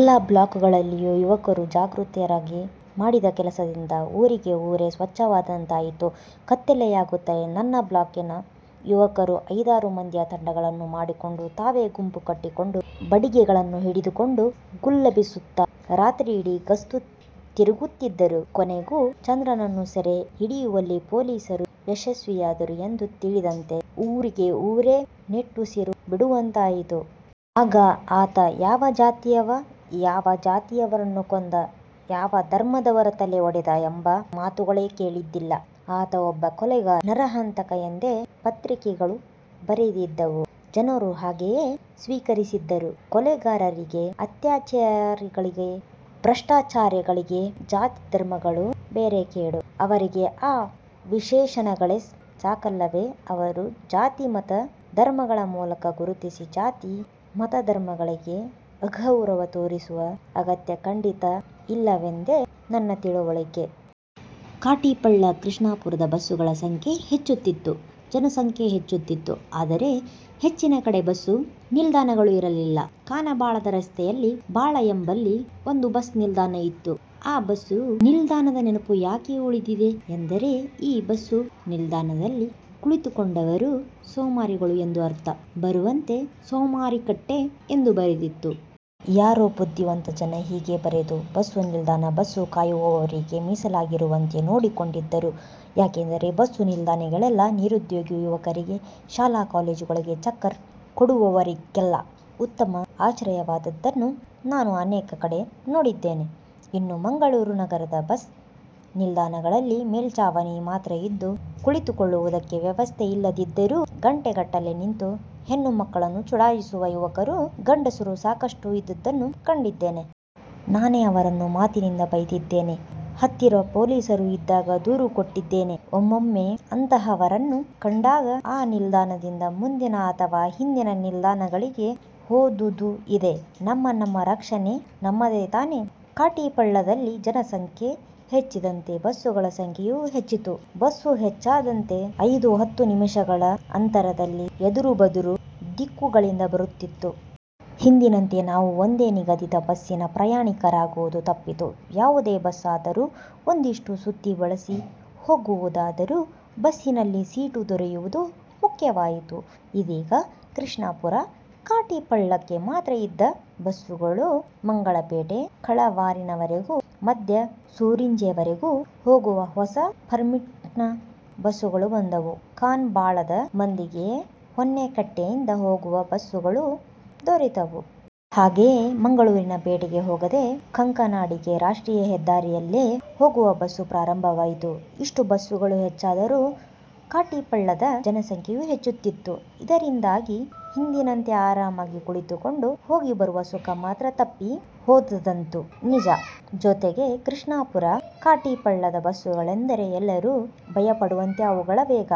ಎಲ್ಲಾ ಬ್ಲಾಕ್ಗಳಲ್ಲಿಯೂ ಯುವಕರು ಜಾಗೃತರಾಗಿ ಮಾಡಿದ ಕೆಲಸದಿಂದ ಊರಿಗೇ ಊರೇ ಸ್ವಚ್ಛವಾದಂತಾಯಿತು. ಕತ್ತಲೆಯಾಗುತ್ತಲೇ ನನ್ನ ಬ್ಲಾಕಿನ ಯುವಕರು ಐದಾರು ಮಂದಿಯ ತಂಡಗಳನ್ನು ಮಾಡಿಕೊಂಡು ತಾವೇ ಗುಂಪು ಕಟ್ಟಿಕೊಂಡು ಬಡಿಗೆಗಳನ್ನು ಹಿಡಿದುಕೊಂಡು ಗುಲ್ಲೆಬ್ಬಿಸುತ್ತಾ ರಾತ್ರಿಯಿಡೀ ಗಸ್ತು ತಿರುಗುತ್ತಿದ್ದರು. ಕೊನೆಗೂ ಚಂದ್ರನ್ನನ್ನು ಸೆರೆ ಹಿಡಿಯುವಲ್ಲಿ ಪೊಲೀಸರು ಯಶಸ್ವಿಯಾದರು ಎಂದು ತಿಳಿದಂತೆ ಊರಿಗೇ ಊರೇ ನಿಟ್ಟುಸಿರು ಬಿಡುವಂತಾಯ್ತು. ಆಗ ಆತ ಯಾವ ಜಾತಿಯವ, ಯಾವ ಜಾತಿಯವರನ್ನು ಕೊಂದ, ಯಾವ ಧರ್ಮದವರ ತಲೆ ಒಡೆದ ಎಂಬ ಮಾತುಗಳೇ ಕೇಳಿದ್ದಿಲ್ಲ. ಆತ ಒಬ್ಬ ಕೊಲೆಗಾರ, ನರಹಂತಕ ಎಂದೇ ಪತ್ರಿಕೆಗಳು ಬರೆದಿದ್ದುವು. ಜನರೂ ಹಾಗೆಯೇ ಸ್ವೀಕರಿಸಿದ್ದರು. ಕೊಲೆಗಾರರಿಗೆ, ಅತ್ಯಾಚಾರಿಗಳಿಗೆ, ಭ್ರಷ್ಟಾಚಾರಿಗಳಿಗೆ ಜಾತಿ, ಧರ್ಮಗಳು ಬೇರೆ ಕೇಡು. ಅವರಿಗೆ ಆ ವಿಶೇಷಣಗಳೇ ಸಾಕಲ್ಲವೇ ಅವರನ್ನು ಜಾತಿ, ಮತ, ಧರ್ಮಗಳ ಮೂಲಕ ಗುರುತಿಸಿ ಜಾತಿ, ಮತ, ಧರ್ಮಗಳಿಗೆ ಅಗೌರವ ತೋರಿಸುವ ಅಗತ್ಯ ಖಂಡಿತ ಇಲ್ಲವೆಂದೇ ನನ್ನ ತಿಳುವಳಿಕೆ. ಕಾಟಿಪಳ್ಳ, ಕೃಷ್ಣಾಪುರದ ಬಸ್ಸುಗಳ ಸಂಖ್ಯೆ ಹೆಚ್ಚುತ್ತಿತ್ತು. ಜನಸಂಖ್ಯೆ ಹೆಚ್ಚುತ್ತಿತ್ತು. ಆದರೆ ಹೆಚ್ಚಿನ ಕಡೆ ಬಸ್ಸು ನಿಲ್ದಾಣಗಳು ಇರಲಿಲ್ಲ. ಕಾನ ಬಾಳದ ರಸ್ತೆಯಲ್ಲಿ ಬಾಳ ಎಂಬಲ್ಲಿ ಒಂದು ಬಸ್ ನಿಲ್ದಾಣ ಇತ್ತು. ಆ ಬಸ್ಸು ನಿಲ್ದಾಣದ ನೆನಪು ಯಾಕೆ ಉಳಿದಿದೆ ಎಂದರೆ ಈ ಬಸ್ಸು ನಿಲ್ದಾಣದಲ್ಲಿ ಕುಳಿತುಕೊಂಡವರು ಸೋಮಾರಿಗಳು ಎಂದು ಅರ್ಥ ಬರುವಂತೆ 'ಸೋಮಾರಿ ಕಟ್ಟೆ' ಎಂದು ಬರೆದಿತ್ತು. ಯಾರೋ ಬುದ್ಧಿವಂತ ಜನ ಹೀಗೆ ಬರೆದು ಬಸ್ಸು ನಿಲ್ದಾಣ ಬಸ್ಸು ಕಾಯುವವರಿಗೇ ಮೀಸಲಾಗಿರುವಂತೆ ನೋಡಿಕೊಂಡಿದ್ದರು. ಯಾಕೆಂದರೆ ಬಸ್ಸು ನಿಲ್ದಾಣಗಳೆಲ್ಲ ನಿರುದ್ಯೋಗಿ ಯುವಕರಿಗೆ, ಶಾಲಾ ಕಾಲೇಜುಗಳಿಗೆ ಚಕ್ಕರ್ ಕೊಡುವವರಿಗೆಲ್ಲ ಉತ್ತಮ ಆಶ್ರಯವಾದುದನ್ನು ನಾನು ಅನೇಕ ಕಡೆ ನೋಡಿದ್ದೇನೆ. ಇನ್ನು ಮಂಗಳೂರು ನಗರದ ಬಸ್ ನಿಲ್ದಾಣಗಳಲ್ಲಿ ಮೇಲ್ಛಾವಣಿ ಮಾತ್ರ ಇದ್ದು ಕುಳಿತುಕೊಳ್ಳುವುದಕ್ಕೆ ವ್ಯವಸ್ಥೆ ಇಲ್ಲದಿದ್ದರೂ ಗಂಟೆಗಟ್ಟಲೆ ನಿಂತು ಹೆಣ್ಣು ಮಕ್ಕಳನ್ನು ಚುಡಾಯಿಸುವ ಯುವಕರು, ಗಂಡಸರೂ ಸಾಕಷ್ಟು ಇದ್ದುದನ್ನು ಕಂಡಿದ್ದೇನೆ. ನಾನೇ ಅವರನ್ನು ಮಾತಿನಿಂದ ಬೈದಿದ್ದೇನೆ, ಹತ್ತಿರ ಪೊಲೀಸರು ಇದ್ದಾಗ ದೂರು ಕೊಟ್ಟಿದ್ದೇನೆ. ಒಮ್ಮೊಮ್ಮೆ ಅಂತಹವರನ್ನು ಕಂಡಾಗ ಆ ನಿಲ್ದಾಣದಿಂದ ಮುಂದಿನ ಅಥವಾ ಹಿಂದಿನ ನಿಲ್ದಾಣಗಳಿಗೆ ಹೋದುದೂ ಇದೆ. ನಮ್ಮ ನಮ್ಮ ರಕ್ಷಣೆ ನಮ್ಮದೇ ತಾನೇ ಕಾಟಿಪಳ್ಳದಲ್ಲಿ ಜನ ಸಂಖ್ಯೆ ಹೆಚ್ಚಿದಂತೆ ಬಸ್ಸುಗಳ ಸಂಖ್ಯೆಯೂ ಹೆಚ್ಚಿತು. ಬಸ್ಸು ಹೆಚ್ಚಾದಂತೆ ಐದು ಹತ್ತು ನಿಮಿಷಗಳ ಅಂತರದಲ್ಲಿ ಎದುರು ಬದುರು ದಿಕ್ಕುಗಳಿಂದ ಬರುತ್ತಿತ್ತು. ಹಿಂದಿನಂತೆ ನಾವು ಒಂದೇ ನಿಗದಿತ ಬಸ್ಸಿನ ಪ್ರಯಾಣಿಕರಾಗುವುದು ತಪ್ಪಿತು. ಯಾವುದೇ ಬಸ್ಸಾದರೂ ಒಂದಿಷ್ಟು ಸುತ್ತಿ ಬಳಸಿ ಹೋಗುವುದಾದರೂ ಬಸ್ಸಿನಲ್ಲಿ ಸೀಟು ದೊರೆಯುವುದು ಮುಖ್ಯವಾಯಿತು. ಇದೀಗ ಕೃಷ್ಣಾಪುರ, ಕಾಟಿಪಳ್ಳಕ್ಕೆ ಮಾತ್ರ ಇದ್ದ ಬಸ್ಸುಗಳು, ಮಂಗಳಪೇಟೆ, ಕಳವಾರಿನವರೆಗೂ, ಮದ್ಯ, ಸೂರಿಂಜೆವರೆಗೂ ಹೋಗುವ ಹೊಸ ಪರ್ಮಿಟ್ನ ಬಸ್ಸುಗಳು ಬಂದವು. ಕಾನ ಬಾಳದ ಮಂದಿಗೆ ಹೊನ್ನೆಕಟ್ಟೆಯಿಂದ ಹೋಗುವ ಬಸ್ಸುಗಳೂ ದೊರೆತವು. ಹಾಗೆಯೇ ಮಂಗಳೂರಿನ ಪೇಟೆಗೆ ಹೋಗದೆ ಕಂಕನಾಡಿಗೆ ರಾಷ್ಟ್ರೀಯ ಹೆದ್ದಾರಿಯಲ್ಲೇ ಹೋಗುವ ಬಸ್ಸು ಪ್ರಾರಂಭವಾಯಿತು. ಇಷ್ಟು ಬಸ್ಸುಗಳು ಹೆಚ್ಚಾದರೂ ಕಾಟಿಪಳ್ಳದ ಜನಸಂಖ್ಯೆಯೂ ಹೆಚ್ಚುತ್ತಿತ್ತು. ಇದರಿಂದಾಗಿ ಹಿಂದಿನಂತೆ ಆರಾಮಾಗಿ ಕುಳಿತುಕೊಂಡು ಹೋಗಿ ಬರುವ ಸುಖ ಮಾತ್ರ ತಪ್ಪಿ ಹೋದುದಂತೂ ನಿಜ. ಜೊತೆಗೆ ಕೃಷ್ಣಾಪುರ, ಕಾಟಿಪಳ್ಳದ ಬಸ್ಸುಗಳೆಂದರೆ ಎಲ್ಲರೂ ಭಯಪಡುವಂತೆ ಅವುಗಳ ವೇಗ.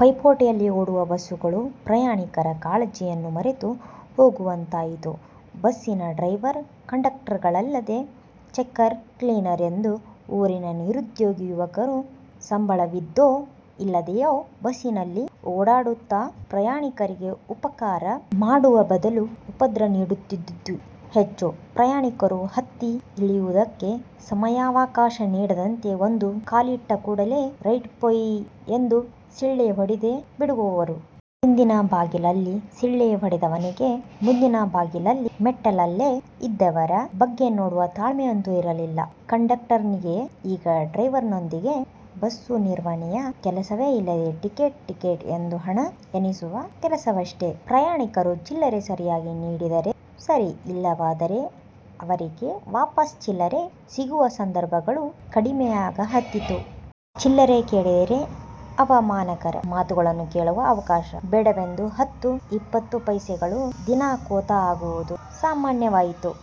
ಪೈಪೋಟಿಯಲ್ಲಿ ಓಡುವ ಬಸ್ಸುಗಳು ಪ್ರಯಾಣಿಕರ ಕಾಳಜಿಯನ್ನು ಮರೆತು ಹೋಗುವಂತಾಯಿತು. ಬಸ್ಸಿನಲ್ಲಿ ಡ್ರೈವರ್, ಕಂಡಕ್ಟರ್ಗಳಲ್ಲದೆ ಚೆಕ್ಕರ್, ಕ್ಲೀನರ್ ಎಂದು ಊರಿನ ನಿರುದ್ಯೋಗಿ ಯುವಕರು ಸಂಬಳವಿದ್ದೋ ಇಲ್ಲದೆಯೋ ಬಸ್ಸಿನಲ್ಲಿ ಓಡಾಡುತ್ತಾ ಪ್ರಯಾಣಿಕರಿಗೆ ಉಪಕಾರ ಮಾಡುವ ಬದಲು ಉಪದ್ರ ನೀಡುತ್ತಿದ್ದುದೇ ಹೆಚ್ಚು. ಪ್ರಯಾಣಿಕರು ಹತ್ತಿ ಇಳಿಯುವುದಕ್ಕೆ ಸಮಯಾವಕಾಶ ನೀಡದಂತೆ ಒಂದು ಕಾಲಿಟ್ಟ ಕೂಡಲೇ 'ರೈಟ್ ಪೋಯಿ' ಎಂದು ಸಿಳ್ಳೆ ಹೊಡೆದೇ ಬಿಡುವವರು. ಹಿಂದಿನ ಬಾಗಿಲಲ್ಲಿ ಸಿಳ್ಳೆ ಹೊಡೆದವನಿಗೆ ಮುಂದಿನ ಬಾಗಿಲಲ್ಲಿ ಮೆಟ್ಟಲಲ್ಲೇ ಇದ್ದವರ ಬಗ್ಗೆ ನೋಡುವ ತಾಳ್ಮೆ ಅಂತೂ ಇರಲಿಲ್ಲ. ಕಂಡಕ್ಟರ್ನಿಗೆ ಈಗ ಡ್ರೈವರ್ನೊಂದಿಗೆ ಬಸ್ಸು ನಿರ್ವಹಣೆಯ ಕೆಲಸವೇ ಇಲ್ಲದೆ ಟಿಕೆಟ್ ಟಿಕೆಟ್ ಎಂದು ಹಣ ಎಣಿಸುವ ಕೆಲಸವಷ್ಟೇ. ಪ್ರಯಾಣಿಕರು ಚಿಲ್ಲರೆ ಸರಿಯಾಗಿ ನೀಡಿದರೆ ಸರಿ. ಇಲ್ಲವಾದರೆ ಅವರಿಗೆ ವಾಪಸ್ ಚಿಲ್ಲರೆ ಸಿಗುವ ಸಂದರ್ಭಗಳು ಕಡಿಮೆಯಾಗ ಹತ್ತಿತ್ತು. ಚಿಲ್ಲರೆ ಕೇಳಿದರೆ ಅವಮಾನಕರ ಮಾತುಗಳನ್ನು ಕೇಳುವ ಅವಕಾಶ ಬೇಡವೆಂದು ಹತ್ತು, ಇಪ್ಪತ್ತು ಪೈಸೆಗಳು ದಿನಾ ಖೋತಾ ಆಗುವುದು ಸಾಮಾನ್ಯವಾಯ್ತು.